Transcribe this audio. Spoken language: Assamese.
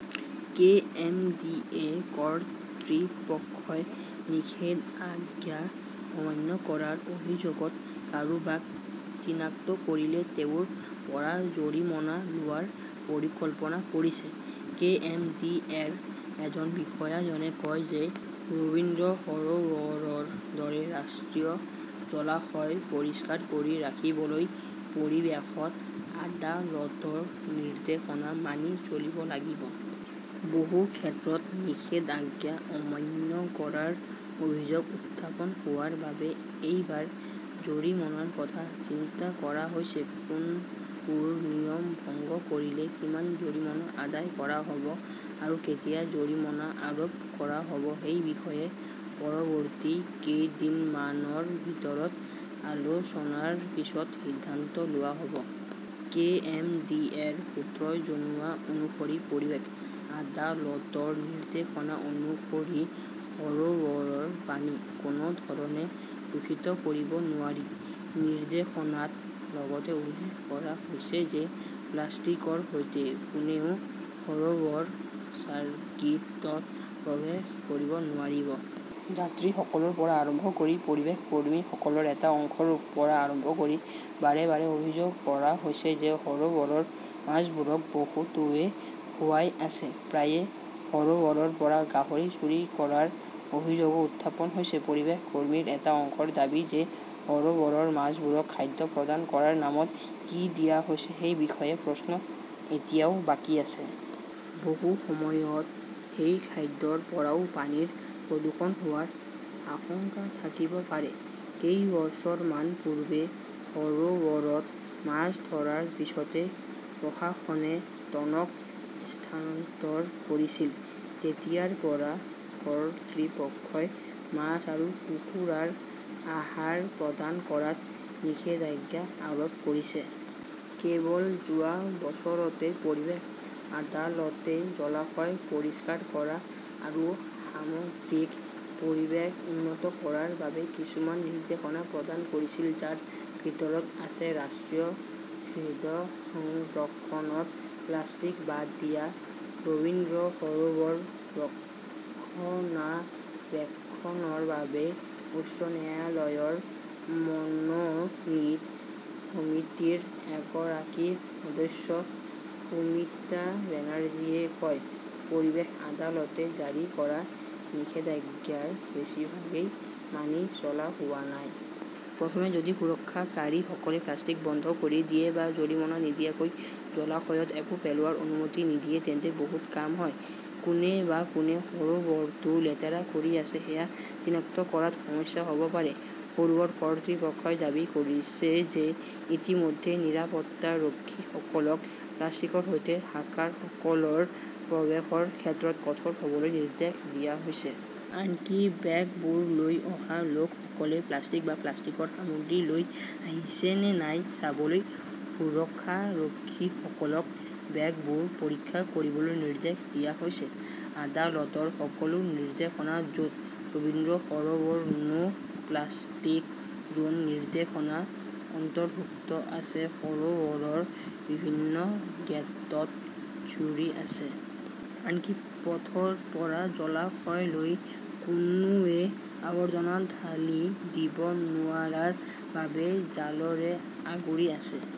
কে. এম. ডি. এ. কৰ্তৃপক্ষই নিষেধাজ্ঞা অমান্য কৰাৰ অভিযোগত কাৰোবাক চিনাক্ত কৰিলে তেওঁৰ পৰা জৰিমনা লোৱাৰ পৰিকল্পনা কৰিছে। কে. এম. ডি. এ. ৰ এজন বিষয়াজনে কয় যে ৰবীন্দ্ৰ সৰোবৰৰ দৰে ৰাষ্ট্ৰীয় জলাশয় পৰিষ্কাৰ কৰি ৰাখিবলৈ পৰিৱেশত আদালতৰ নিৰ্দেশনা মানি চলিব লাগিব। বহু ক্ষেত্ৰত নিষেধাজ্ঞা অমান্য কৰাৰ অভিযোগ উত্থাপন হোৱাৰ বাবে এইবাৰ জৰিমনাৰ কথা চিন্তা কৰা হৈছে। কোনবোৰ নিয়ম ভংগ কৰিলে কিমান জৰিমনা আদায় কৰা হ'ব আৰু কেতিয়া জৰিমনা আৰোপ কৰা হ'ব সেই বিষয়ে পৰৱৰ্তী কেইদিনমানৰ ভিতৰত আলোচনাৰ পিছত সিদ্ধান্ত লোৱা হ'ব। কে. এম. ডি. এ. ৰ সূত্ৰই জনোৱা অনুসৰি পৰিৱেশ আদালতৰ নিৰ্দেশনা অনুসৰি সৰোবৰৰ পানী কোনো ধৰণে দূষিত কৰিব নোৱাৰি। নিৰ্দেশনাত লগতে উল্লেখ কৰা হৈছে যে প্লাষ্টিকৰ সৈতে কোনেও সৰোবৰ চাৰ্কিটত প্ৰৱেশ কৰিব নোৱাৰিব। যাত্ৰীসকলৰ পৰা আৰম্ভ কৰি পৰিৱেশ কৰ্মীসকলৰ এটা অংশৰ পৰা আৰম্ভ কৰি বাৰে বাৰে অভিযোগ কৰা হৈছে যে সৰোবৰৰ মাছবোৰক বহুতোৱে খুৱাই আছে। প্ৰায়ে সৰোবৰৰ পৰা গাহৰি চুৰি কৰাৰ অভিযোগও উত্থাপন হৈছে। পৰিৱেশ কৰ্মীৰ এটা অংশৰ দাবী যে সৰোবৰৰ মাছবোৰক খাদ্য প্ৰদান কৰাৰ নামত কি দিয়া হৈছে সেই বিষয়ে প্ৰশ্ন এতিয়াও বাকী আছে। বহু সময়ত সেই খাদ্যৰ পৰাও পানীৰ প্ৰদূষণ হোৱাৰ আশংকা থাকিব পাৰে। কেইবছৰমান পূৰ্বে সৰোবৰত মাছ ধৰাৰ পিছতে প্ৰশাসনে টনক স্থানান্তৰ কৰিছিল। তেতিয়াৰ পৰা কৰ্তৃপক্ষই মাছ আৰু কুকুৰাৰ আহাৰ প্ৰদান কৰাত নিষেধাজ্ঞা আৰোপ কৰিছে। কেৱল যোৱা বছৰতে পৰিৱেশ আদালতে জলাশয় পৰিষ্কাৰ কৰা আৰু সামগ্ৰিক পৰিৱেশ উন্নত কৰাৰ বাবে কিছুমান নিৰ্দেশনা প্ৰদান কৰিছিল, যাৰ ভিতৰত আছে ৰাষ্ট্ৰীয় হ্ৰদ সংৰক্ষণত প্লাষ্টিক বাদ দিয়া। ৰবীন্দ্ৰ সৰোবৰ ৰক্ষণাবেক্ষণৰ বাবে উচ্চ ন্যায়ালয়ৰ মনোনীত সমিতিৰ এগৰাকী সদস্য সুমিতা বেনাৰ্জীয়ে কয়, পৰিৱেশ আদালতে জাৰি কৰা নিষেধাজ্ঞাৰ বেছিভাগই মানি চলা হোৱা নাই। প্ৰথমে যদি সুৰক্ষকাৰীসকলে প্লাষ্টিক বন্ধ কৰি দিয়ে বা জৰিমনা নিদিয়াকৈ জলাশয়ত একো পেলোৱাৰ অনুমতি নিদিয়ে, তেন্তে বহুত কাম হয়। কোনে বা কোনে সৰোবৰটো লেতেৰা কৰি আছে সেয়া চিনাক্ত কৰাত সমস্যা হ'ব পাৰে। সৰুবৰ কৰ্তৃপক্ষই দাবী কৰিছে যে ইতিমধ্যে নিৰাপত্তাৰক্ষীসকলক প্লাষ্টিকৰ সৈতে হাকাৰসকলৰ প্ৰৱেশৰ ক্ষেত্ৰত কঠোৰ হ'বলৈ নিৰ্দেশ দিয়া হৈছে। আনকি বেগবোৰ লৈ অহা লোকসকলে প্লাষ্টিক বা প্লাষ্টিকৰ সামগ্ৰী লৈ আহিছে নে নাই চাবলৈ সুৰক্ষাৰক্ষীসকলক বেগবোৰ পৰীক্ষা কৰিবলৈ নিৰ্দেশ দিয়া হৈছে। আদালতৰ সকলো নিৰ্দেশনা, য'ত ৰবীন্দ্ৰ সৰোবৰ নো প্লাষ্টিক জন নিৰ্দেশনা অন্তৰ্ভুক্ত আছে, সৰোবৰৰ বিভিন্ন গেটত ঝুৰি আছে। আনকি পথৰ পৰা জলাশয়লৈ কোনোৱে আৱৰ্জনা ঢালি দিব নোৱাৰাৰ বাবে জালৰে আগুৰি আছে।